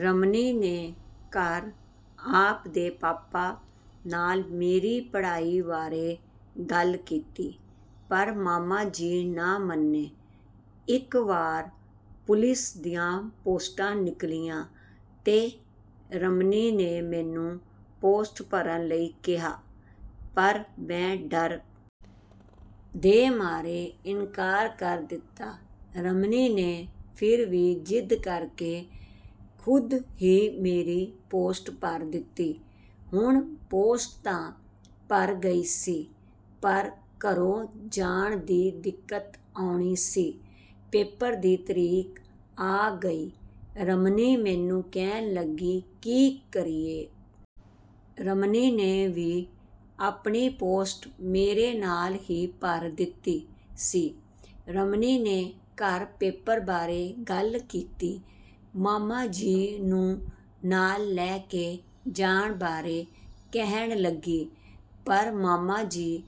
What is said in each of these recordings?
ਰਮਨੀ ਨੇ ਘਰ ਆਪਦੇ ਪਾਪਾ ਨਾਲ ਮੇਰੀ ਪੜ੍ਹਾਈ ਵਾਰੇ ਗੱਲ ਕੀਤੀ, ਪਰ ਮਾਮਾ ਜੀ ਨਾ ਮੰਨੇ, ਇੱਕ ਵਾਰ ਪੁਲਿਸ ਦੀਆਂ ਪੋਸਟਾਂ ਨਿਕਲੀਆਂ ਤੇ ਰਮਨੀ ਨੇ ਮੈਨੂੰ ਪੋਸਟ ਭਰਨ ਲਈ ਕਿਹਾ, ਪਰ ਮੈਂ ਡਰ ਦੇ ਮਾਰੇ ਇਨਕਾਰ ਕਰ ਦਿੱਤਾ, ਰਮਨੀ ਨੇ ਫਿਰ ਵੀ ਜ਼ਿੱਦ ਕਰਕੇ ਖੁਦ ਹੀ ਮੇਰੀ ਪੋਸਟ ਭਰ ਦਿੱਤੀ, ਹੁਣ ਪੋਸਟ ਤਾਂ ਭਰ ਗਈ ਸੀ ਪਰ ਘਰੋਂ ਜਾਣ ਦੀ ਦਿੱਕਤ ਆਉਣੀ ਸੀ ਪੇਪਰ ਦੀ ਤਰੀਕ ਆ ਗਈ, ਰਮਨੀ ਮੈਨੂੰ ਕਹਿਣ ਲੱਗੀ ਕੀ ਕਰੀਏ? ਰਮਨੀ ਨੇ ਵੀ ਆਪਣੀ ਪੋਸਟ ਮੇਰੇ ਨਾਲ ਹੀ ਭਰ ਦਿੱਤੀ ਸੀ, ਰਮਨੀ ਨੇ ਘਰ ਪੇਪਰ ਬਾਰੇ ਗੱਲ ਕੀਤੀ, ਮਾਮਾ ਜੀ ਨੂੰ ਨਾਲ ਲੈਕੇ ਜਾਣ ਬਾਰੇ ਕਹਿਣ ਲੱਗੀ, ਪਰ ਮਾਮਾ ਜੀ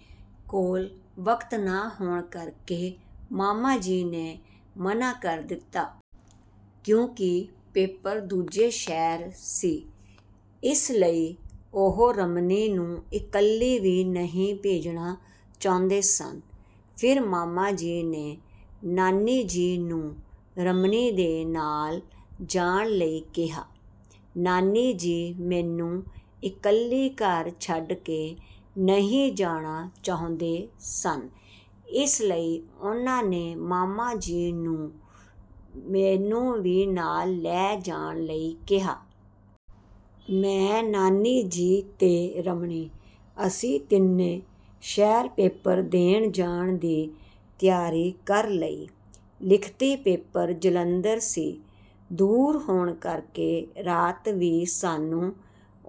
ਕੋਲ ਵਕਤ ਨਾ ਹੋਣ ਕਰਕੇ ਮਾਮਾ ਜੀ ਨੇ ਮਨਾ ਕਰ ਦਿੱਤਾ। ਕਿਉਂਕਿ ਪੇਪਰ ਦੂਜੇ ਸ਼ਹਿਰ ਸੀ, ਇਸ ਲਈ ਉਹ ਰਮਨੀ ਨੂੰ ਇਕੱਲੀ ਵੀ ਨਹੀਂ ਭੇਜਣਾ ਚਾਹੁੰਦੇ ਸਨ। ਫਿਰ ਮਾਮਾ ਜੀ ਨੇ ਨਾਨੀ ਜੀ ਨੂੰ ਰਮਨੀ ਦੇ ਨਾਲ ਜਾਣ ਲਈ ਕਿਹਾ। ਨਾਨੀ ਜੀ ਮੈਨੂੰ ਇਕੱਲੀ ਘਰ ਛੱਡ ਕੇ ਨਹੀਂ ਜਾਣਾ ਚਾਹੁੰਦੇ ਸਨ, ਇਸ ਲਈ ਉਨ੍ਹਾਂ ਨੇ ਮਾਮਾ ਜੀ ਨੂੰ ਮੈਨੂੰ ਵੀ ਨਾਲ ਲੈ ਜਾਣ ਲਈ ਕਿਹਾ। ਮੈਂ ਨਾਨੀ ਜੀ ਤੇ ਰਮਨੀ ਅਸੀਂ ਤਿੰਨੇ ਸ਼ਹਿਰ ਪੇਪਰ ਦੇਣ ਜਾਣ ਦੀ ਤਿਆਰੀ ਕਰ ਲਈ। ਲਿਖਤੀ ਪੇਪਰ ਜਲੰਧਰ ਸੀ, ਦੂਰ ਹੋਣ ਕਰਕੇ ਰਾਤ ਵੀ ਸਾਨੂੰ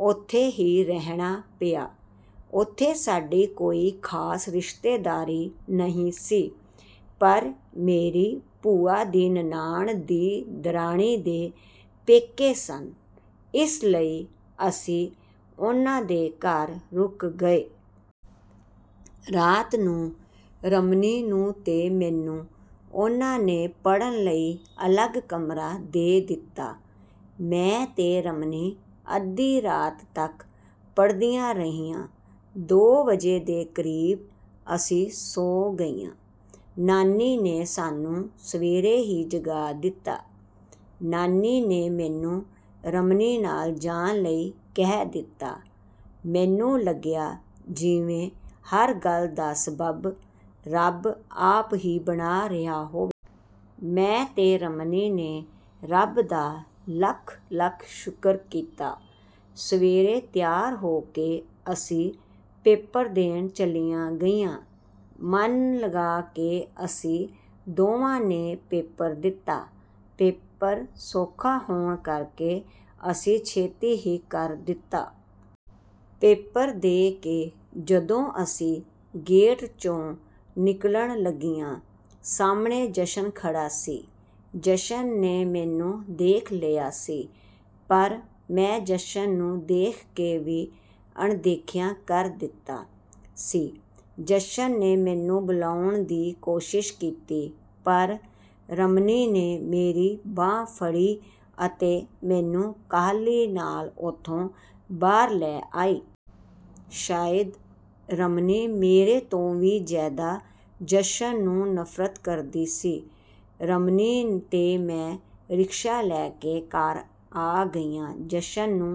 ਉੱਥੇ ਹੀ ਰਹਿਣਾ ਪਿਆ, ਉੱਥੇ ਸਾਡੀ ਕੋਈ ਖ਼ਾਸ ਰਿਸ਼ਤੇਦਾਰੀ ਨਹੀਂ ਸੀ, ਪਰ ਮੇਰੀ ਭੂਆ ਦੀ ਨਨਾਣ ਦੀ ਦਰਾਣੀ ਦੇ ਪੇਕੇ ਸਨ, ਇਸ ਲਈ ਅਸੀਂ ਉਨ੍ਹਾਂ ਦੇ ਘਰ ਰੁਕ ਗਏ। ਰਾਤ ਨੂੰ ਰਮਨੀ ਨੂੰ ਤੇ ਮੈਨੂੰ ਉਹਨਾਂ ਨੇ ਪੜਨ ਲਈ ਅਲੱਗ ਕਮਰਾ ਦੇ ਦਿੱਤਾ, ਮੈਂ ਤੇ ਰਮਨੀ ਅੱਧੀ ਰਾਤ ਤੱਕ ਪੜਦੀਆਂ ਰਹੀਆਂ, ਦੋ ਵਜੇ ਦੇ ਕਰੀਬ ਅਸੀਂ ਸੌਂ ਗਈਆਂ। ਨਾਨੀ ਨੇ ਸਾਨੂੰ ਸਵੇਰੇ ਹੀ ਜਗਾ ਦਿੱਤਾ, ਨਾਨੀ ਨੇ ਮੈਨੂੰ ਰਮਨੀ ਨਾਲ ਜਾਣ ਲਈ ਕਹਿ ਦਿੱਤਾ, ਮੈਨੂੰ ਲੱਗਿਆ ਜਿਵੇਂ ਹਰ ਗੱਲ ਦਾ ਸਬੱਬ ਰੱਬ ਆਪ ਹੀ ਬਣਾ ਰਿਹਾ ਹੋਵੇ। ਮੈਂ ਤੇ ਰਮਨੀ ਨੇ ਰੱਬ ਦਾ ਲੱਖ-ਲੱਖ ਸ਼ੁਕਰ ਕੀਤਾ, ਸਵੇਰੇ ਤਿਆਰ ਹੋ ਕੇ ਅਸੀਂ ਪੇਪਰ ਦੇਣ ਚਲੀਆਂ ਗਈਆਂ, ਮਨ ਲਗਾ ਕੇ ਅਸੀਂ ਦੋਵਾਂ ਨੇ ਪੇਪਰ ਦਿੱਤਾ, ਪੇਪਰ ਸੌਖਾ ਹੋਣ ਕਰਕੇ ਅਸੀਂ ਛੇਤੀ ਹੀ ਕਰ ਦਿੱਤਾ। ਪੇਪਰ ਦੇ ਕੇ ਜਦੋਂ ਅਸੀਂ ਗੇਟ ਚੋਂ ਨਿਕਲਣ ਲੱਗੀਆਂ, ਸਾਹਮਣੇ ਜਸ਼ਨ ਖੜਾ ਸੀ, ਜਸ਼ਨ ਨੇ ਮੈਨੂੰ ਦੇਖ ਲਿਆ ਸੀ ਪਰ ਮੈਂ ਜਸ਼ਨ ਨੂੰ ਦੇਖ ਕੇ ਵੀ ਅਣਦੇਖਿਆ ਕਰ ਦਿੱਤਾ ਸੀ, ਜਸ਼ਨ ਨੇ ਮੈਨੂੰ ਬੁਲਾਉਣ ਦੀ ਕੋਸ਼ਿਸ਼ ਕੀਤੀ ਪਰ ਰਮਨੀ ਨੇ ਮੇਰੀ ਬਾਂਹ ਫੜੀ ਅਤੇ ਮੈਨੂੰ ਕਾਹਲੀ ਨਾਲ ਉੱਥੋਂ ਬਾਹਰ ਲੈ ਆਈ। ਸ਼ਾਇਦ ਰਮਨੀ ਮੇਰੇ ਤੋਂ ਵੀ ਜ਼ਿਆਦਾ ਜਸ਼ਨ ਨੂੰ ਨਫ਼ਰਤ ਕਰਦੀ ਸੀ, ਰਮਨੀ ਤੇ ਮੈਂ ਰਿਕਸ਼ਾ ਲੈਂ ਕੇ ਘਰ ਆ ਗਈਆਂ। ਜਸ਼ਨ ਨੂੰ